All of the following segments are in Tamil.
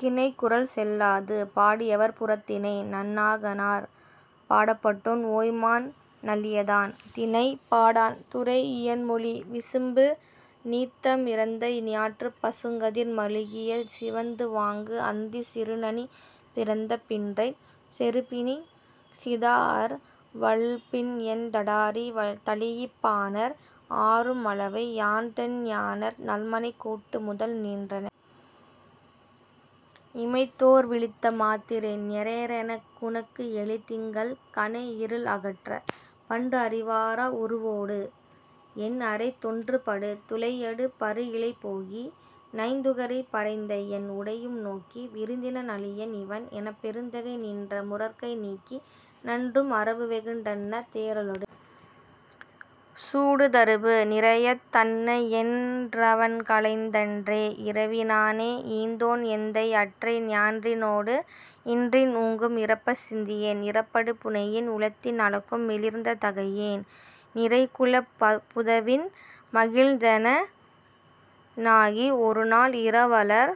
கிணைக்குரல் செல்லாது! பாடியவர்: புறத்திணை நன்னாகனார். பாடப்பட்டோன்: ஓய்மான் நல்லியாதன். திணை:பாடாண். துறை: இயன்மொழி. விசும்பு நீத்தம் இறந்த ஞாயிற்றுப் பசுங்கதிர் மழுகிய சிவந்துவாங்கு அந்தி சிறுநனி பிறந்த பின்றைச், செறிபிணிச் சிதாஅர் வள்பின்என் தடாரி தழீஇப், பாணர் ஆரும் அளவை, யான்தன் யாணர் நல்மனைக் கூட்டு முதல் நின்றனென்! இமைத்தோர் விழித்த மாத்திரை, ஞெரேரெனக், குணக்கு எழு திங்கள் கனைஇருள் அகற்றப், பண்டுஅறி வாரா உருவோடு, என் அரைத் தொன்றுபடு துளையடு பருஇழை போகி, நைந்துகரை பறைந்தஎன் உடையும் நோக்கி, 'விருந்தினன் அளியன், இவன்' எனப், பெருந்தகை நின்ற முரற்கை நீக்கி, நன்றும் அரவுவெகுண் டன்ன தேறலொடு. சூடுதருபு, நிரயத் தன்னஎன் வறன்களைந் தன்றே, இரவினானே, ஈத்தோன் எந்தை; அற்றை ஞான்றினோடு இன்றின் ஊங்கும், இரப்பச் சிந்தியேன், நிரப்படு புணையின்; உளத்தின் அளக்கும் மிளிர்ந்த தகையேன்; நிறைக்குளப் புதவின் மகிழ்ந்தனெ னாகி, ஒருநாள், இரவலர்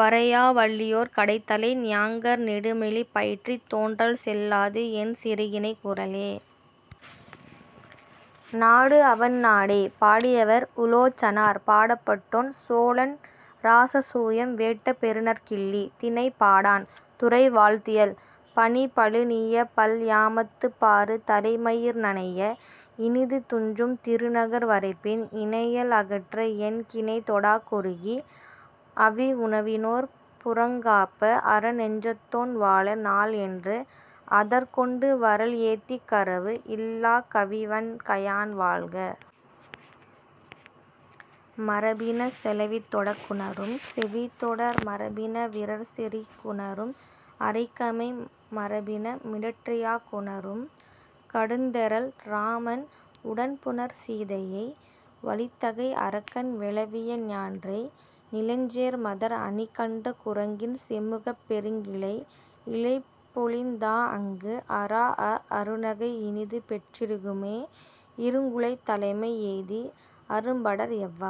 வரையா வள்ளியோர் கடைத்தலை, ஞாங்கர் நெடுமொழி பயிற்றித், தோன்றல் செல்லாது, என் சிறுகிணைக் குரலே.. நாடு அவன் நாடே! பாடியவர்: உலோச்சனார். பாடப்பட்டோன்: சோழன் இராசசூயம் வேட்ட பெருநற் கிள்ளி. திணை: பாடாண். துறை: வாழ்த்தியல். பனி பழுநிய பல் யாமத்துப் பாறு தலை மயிர் நனைய, இனிது துஞ்சும் திருநகர் வரைப்பின், இனையல் அகற்ற என் கிணைதொடாக் குறுகி, 'அவி உணவினோர் புறங் காப்ப, அற, நெஞ்சத்தோன் வாழ, நாள்' என்று, அதற் கொண்டு வரல் ஏத்திக் கரவு "இல்லாக் கவிவண் கையான், வாழ்க! மரபின செவித்தொடக் குநரும், செவித்தொடர் மரபின விரற்செறிக் குநரும், அரைக்கமை மரபின மிடற்றியாக் குநரும், கடுந்தெறல் இராமன் உடன்புணர் சீதையை வலித்தகை அரக்கன் வெளவிய ஞான்றை, நிலஞ்சேர் மதர் அணி கண்ட குரங்கின் செம்முகப் பெருங்கிளை இழைப்பொலிந் தா அங்கு, அறாஅ அருநகை இனிதுபெற் றிகுமே, இருங்குளைத் தலைமை எய்தி, அரும்படர் எவ்வம்